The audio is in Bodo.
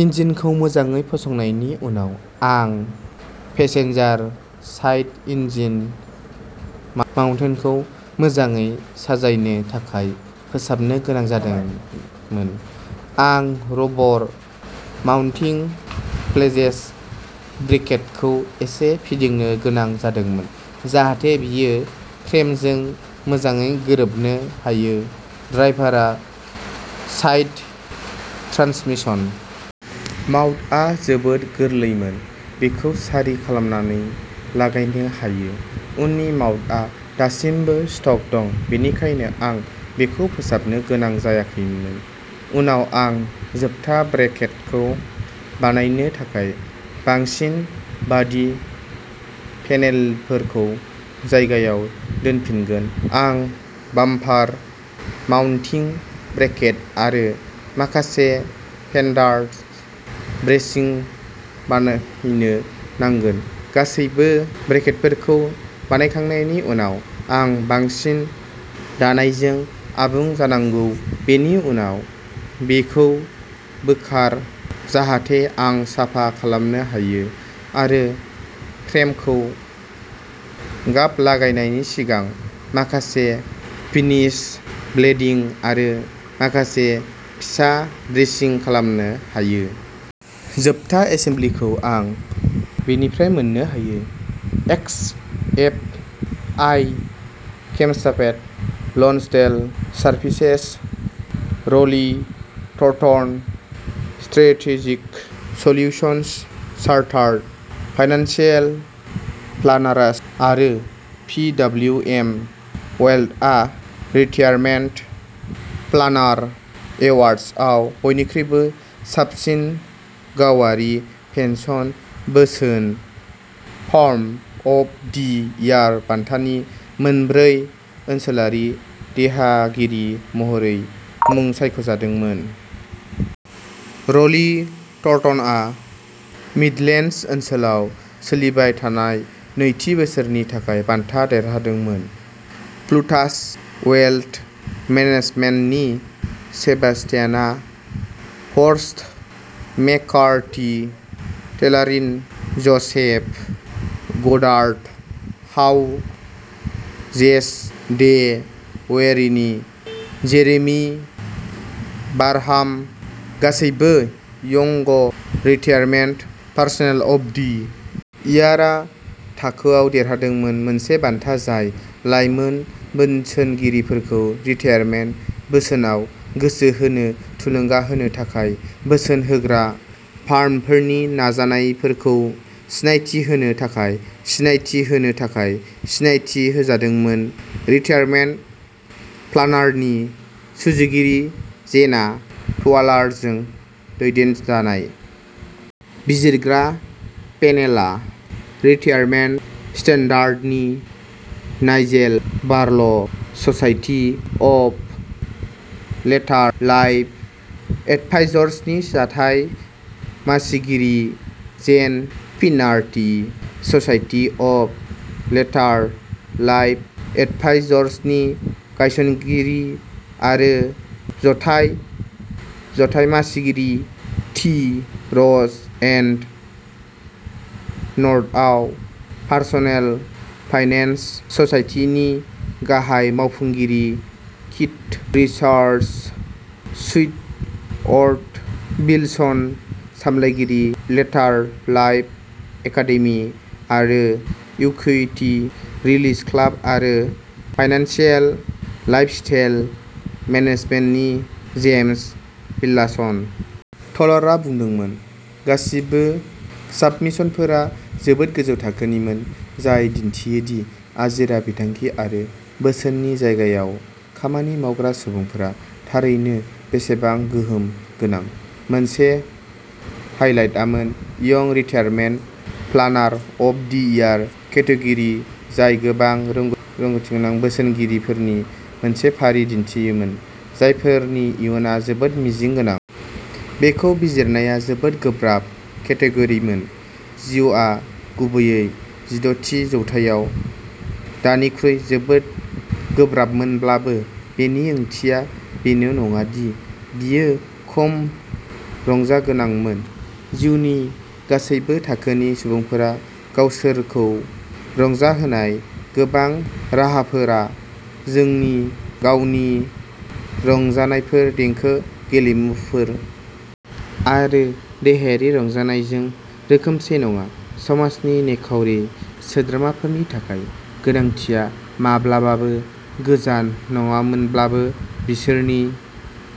इन्जिनखौ मोजाङै फसंनायनि उनाव आं पेसेन्जार साइड इन्जिन माउन्टखौ मोजाङै साजायनो थाखाय फोसाबनो गोनां जादोंमोन। आं रबर माउन्टिं फ्लेंज ब्रेकेटखौ एसे फिदिंनो गोनां जादोंमोन जाहाथे बियो फ्रेमजों मोजाङै गोरोबनो हायो ड्राइभार साइड ट्रान्समिसन माउन्टआ जोबोद गोरलैमोन बेखौ सारि खालामनानै लागायनो हायो उननि माउन्टआ दासिमबो स्टक दं बेनिखायनो आं बेखौ फोसाबनो गोनां जायाखैमोन उनाव आं जोबथा ब्रेकेटखौ बानायनो थाखाय बांसिन बाडी पेनेलफोरखौ जायगायाव दोनफिनगोन आं बाम्पार माउन्टिं ब्रेकेट आरो माखासे फेन्डार ब्रेसिं बानायनो नांगोन गासैबो ब्रेकेटफोरखौ बानायखांनायनि उनाव आं बांसिन दानायजों आबुं जानांगौ बेनि उनाव बेखौ बोखार जाहाथे आं साफा खालामनो हायो आरो फ्रेमखौ गाब लागायनायनि सिगां माखासे फिनिश वेल्डिं आरो माखासे फिसा ब्रेसिं खालामनो हायो। जोबथा एसेम्बलिखौ आं बिनिफ्राय मोन्नो हायो X F I Camshaft Lonsdale services Rowley Turton strategic solutions chartered financial planners आरो भि डब्लिउ एम वेल्थआ रिटायारमेन्ट प्लानार एवार्ड्सआव बयनिख्रुइ साबसिन गावारि पेन्सन बोसोन फार्म अफ दि इयार बान्थानि मोनब्रै ओनसोलारि देहागिरि महरै मुं सायख'जादोंमोन। र'ली टर्टनआ मिडलेन्डस ओनसोलाव सोलिबाय थानाय नैथि बोसोरनि थाखाय बान्था देरहादोंमोन प्लुटास वेल्थ मेनेजमेन्टनि सेबास्तियान हर्स्ट मेककार्थी टेलारनि Joseph Goddard Howe Chase de वेरनि जेरेमी बारहाम गासैबो young retirement planners of the इयारा थाखोआव देरहादोंमोन मोनसे बान्था जाय लाइमोन बोसोनगिरिफोरखौ रिटायारमेन्ट बोसोनआव गोसो होनो थुलुंगा होनो थाखाय बोसोन होग्रा फार्मफोरनि नाजानायफोरखौ सिनायथि होनो थाखाय सिनायथि होनो थाखाय सिनायथि होजादोंमोन रिटायारमेन्ट प्लानारनि सुजुगिरि जेना ट'वालारजों दैदेनजानाय बिजिरग्रा पेनेलआ रिटायारमेन्ट स्टान्डार्डनि Nigel Barrell' society of Later Life एडभाइजार्सनि जथाय मासिगिरि Jane Finerty society of Later Life एडभाइजार्सनि गायसनगिरि आरो जथाय मासिगिरि टि र'ज एन्ड नर्थआव पार्सनेल फाइनेन्स ससाइटिनि गाहाय मावफुंगिरि कीथ रिचार्ड्स सुइटअर्ट विल्सन सामलायगिरि लेटर लाइफ एकादेमि आरो इक्युइटि रिलिज क्लाब आरो फाइनेन्सियेल लाइफस्टेल मेनेजमेन्टनि जेम्स विल्लासन। ट'वालारआ बुंदोंमोन गासिबो साबमिशनफोरा जोबोद गोजौ थाखोनिमोन जाय दिन्थियो दि आजिरा बिथांखि आरो बोसोननि जायगायाव खामानि मावग्रा सुबुंफोरा थारैनो बेसेबां गोहोम गोनां। मोनसे हाइलाइटआमोन young retirement planner of the year category जाय गोबां रोंग'थिगोनां बोसोनगिरिफोरनि मोनसे फारि दिन्थिदोंमोन जायफोरनि इयुनआ जोबोद मिजिं गोनां। बेखौ बिजिरनाया जोबोद गोब्राब केटेग'रिमोन। जिउआ गुबैयै जिद'थि जौथायाव दानिख्रुइ जोबोद गोब्राबमोनब्लाबो बेनि ओंथिया बेनो नङा दि बियो खम रंजागोनांमोन। जिउनि गासैबो थाखोनि सुबुंफोरा गावसोरखौ रंजाहोनाय गोबां राहाफोरा जोंनि गावनि रंजानायफोर देंखो गेलेमुफोर आरो देहायारि रंजानायजों रोखोमसे नङा समाजनि निखावरि सोद्रोमाफोरनि थाखाय गोनांथिआ माब्लाबाबो गोजान नङामोनब्लाबो बिसोरनि